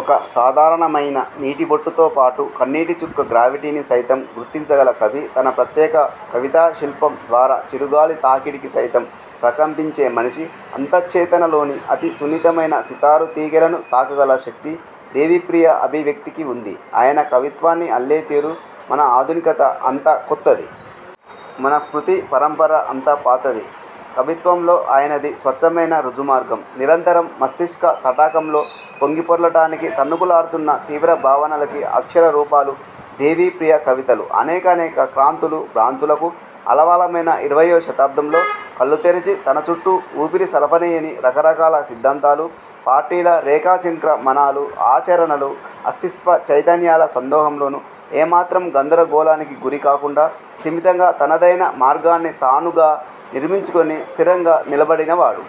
ఒక సాధారణమయిన నీటిబొట్టుతోపాటు కన్నీటిచుక్క గ్రావిటీని సయితం గుర్తించగల కవి. తన ప్రత్యేక కవితాశిల్పం ద్వారా చిరుగాలి తాకిడికి సైతం ప్రకంపించే మనిషి అంతశ్చేతనలోని అతి సున్నితమయిన సితారు తీగెలను తాకగల శక్తి దేవిప్రియ అభివ్యక్తికి వుంది. ఆయన కవిత్వాన్ని అల్లే తీరు మన ఆధునికత అంత కొత్తది. మన స్మృతిపరంపర అంత పాతది. కవిత్వంలో ఆయనది స్వచ్ఛమయిన రుజుమార్గం. ''నిరంతరం మస్తిష్క తటాకంలో పొంగిపొర్ల టానికి తన్నుకులాడ్తూన్న తీవ్రభావనలకి'' అక్షర రూపాలు దేవిప్రియ కవితలు. అనేకానేక క్రాంతులు, భ్రాంతులకు ఆలవాలమయిన ఇరవయ్యో శతాబ్దంలో కళ్ళు తెరచి, తనచుట్టూ ఊపిరి సలపనీయని రకరకాల సిద్ధాంతాలు, పార్టీల రేఖాచంక్ర మణాలు, ఆచరణలు, అస్తిత్వచైతన్యాల సందోహంలోనూ ఏమాత్రం గందరగోళానికి గురికాకుండా స్థిమితంగా తనదయిన మార్గాన్ని తానుగా నిర్మించుకుని స్థిరంగా నిలబడినవాడు.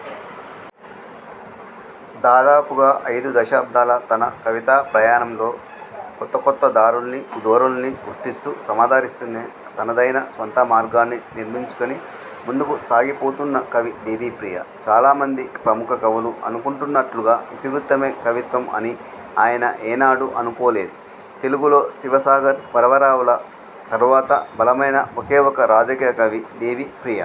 దాదాపుగా అయిదు దశాబ్దాల తన కవితాప్రయాణంలో కొత్తకొత్త దారుల్నీ, ధోరణుల్నీ గుర్తిస్తూ, సమాదరిస్తూనే తనదయిన స్వంతమార్గాన్ని నిర్మిం చుకుని ముందుకు సాగిపోతూన్న కవి దేవిప్రియ. చాలామంది ప్రముఖ కవులు అనుకుంటున్నట్లుగా ఇతివృత్తమే కవిత్వం అని ఆయన ఏనాడూ అనుకోలేదు. తెలుగులో శివసాగర్, వరవరరావుల తరువాత బలమైన ఒకేఒక రాజకీయ కవి దేవిప్రియ.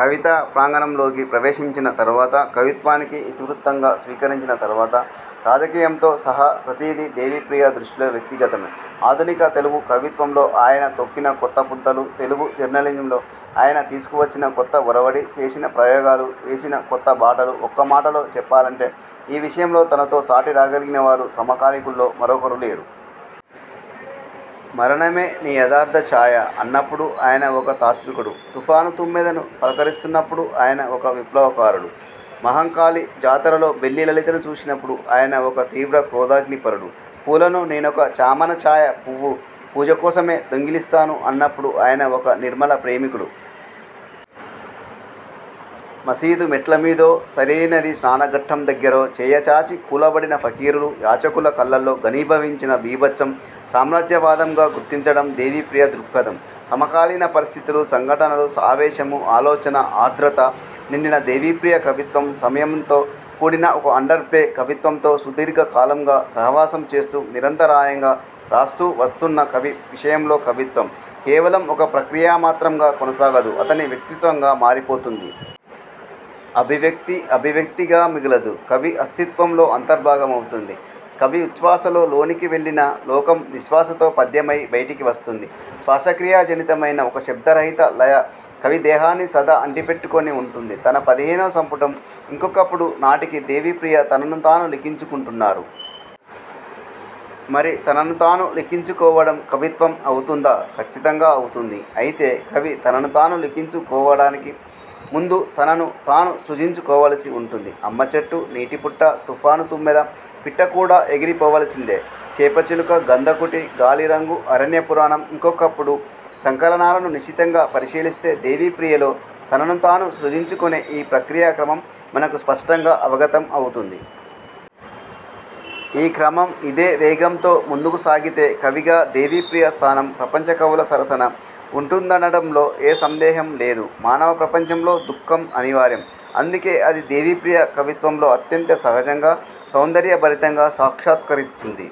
కవితా ప్రాంగణంలోకి ప్రవేశించిన తరువాత, కవిత్వానికి ఇతివృత్తంగా స్వీకరించిన తరువాత రాజకీయంతో సహా ప్రతీదీ దేవిప్రియ దృష్టిలో వ్యక్తిగతమే. ఆధునిక తెలుగు కవిత్వంలో ఆయన తొక్కిన కొత్త పుంతలు, తెలుగు జర్నలిజంలో ఆయన తీసుకువచ్చిన కొత్త ఒరవడి, చేసిన ప్రయోగాలు, వేసిన కొత్త బాటలు, ఒక్క మాటలో చెప్పాలంటే ఈ విషయంలో తనతో సాటి రాగలిగినవారు సమకాలికుల్లో మరొకరు లేరు. ''మరణమే నీ యదార్థ ఛాయ'' అన్నప్పుడు ఆయన ఒక తాత్వికుడు. ''తుఫాను తుమ్మెద''ను పలకరిస్తున్నపుడు ఆయన ఒక విప్లవకారుడు. మహంకాళి జాతరలో బెల్లి లలితను చూసినపుడు ఆయన ఒక తీవ్ర క్రోధాగ్నిపరుడు. ''పూలను నేనొక చామనఛాయ పువ్వు పూజ కోసమే దొంగిలిస్తాను'' అన్నప్పుడు ఆయన ఒక నిర్మలప్రేమికుడు. ''మసీదు మెట్లమీదో/ సరయూనది స్నానఘట్టం దగ్గరో/ చెయ్యచాచి కూలబడిన ఫకీరులు యాచకుల కళ్ళలో/ ఘనీభవించిన బీభత్సం సామ్రాజ్యవాదం''గా గుర్తిం చటం దేవిప్రియ దృక్పథం. సమకాలీన పరిస్థితులు, సంఘటనలు, ఆవేశం, ఆలోచన, ఆర్ద్రత నిండిన దేవిప్రియ కవిత్వం సంయమనంతో కూడిన ఒక అండర్ ప్లే కవిత్వంతో సుదీర్ఘ కాలంగా సహవాసం చేస్తూ, నిరంతరాయంగా రాస్తూవస్తూన్న కవి విషయంలో కవిత్వం కేవలం ఒక ప్రక్రియామాత్రంగా కొనసాగదు, అతని వ్యక్తిత్వంగా మారిపోతుంది. అభివ్యక్తి అభివ్యక్తిగా మిగలదు, కవి అస్తిత్వంలో అంతర్భాగమవుతుంది. కవి ''ఉచ్ఛ్వాసలో లోనికి వెళ్ళిన లోకం నిశ్వాసతో పద్యమై బయటికి వస్తుంది. '' శ్వాసక్రియా జనితమయిన ఒక శబ్దరహిత లయ కవి దేహాన్ని సదా అంటిపెట్టుకుని వుంటుంది. తన పదిహేనో సంపుటం 'ఇం కొకప్పుడు' నాటికి దేవిప్రియ తననుతాను లిఖించుకుంటున్నారు. మరి తననుతాను లిఖించుకోవటం కవిత్వం అవుతుందా? ఖచ్చితంగా అవుతుంది. అయితే కవి తననుతాను లిఖించు కోవటానికి ముందు తనను తాను సృజించుకోవలసి వుంటుంది. 'అమ్మచెట్టు', 'నీటిపుట్ట', 'తుఫాను తుమ్మెద', 'పిట్టకూడా ఎగిరిపోవలసిందే', 'చేపచిలుక', 'గంధకుటి', 'గాలిరంగు', 'అరణ్యపురాణం', 'ఇం కొకప్పుడు' సంకలనాలను నిశితంగా పరిశీలిస్తే దేవిప్రియలో తననుతాను సృజించుకునే ఈ ప్రక్రియ క్రమం మనకు స్పష్టంగా అవగతం అవుతుంది. ఈ క్రమం ఇదే వేగంతో ముందుకు సాగితే కవిగా దేవిప్రియ స్థానం ప్రపంచ కవుల సరసన వుంటుందనటంలో ఏ సందేహం లేదు. మానవ ప్రపంచంలో దుఃఖం అనివార్యం. అందుకే అది దేవిప్రియ కవిత్వంలో అత్యంత సహజంగా, సౌందర్యభరితంగా సాక్షాత్కరిస్తుంది.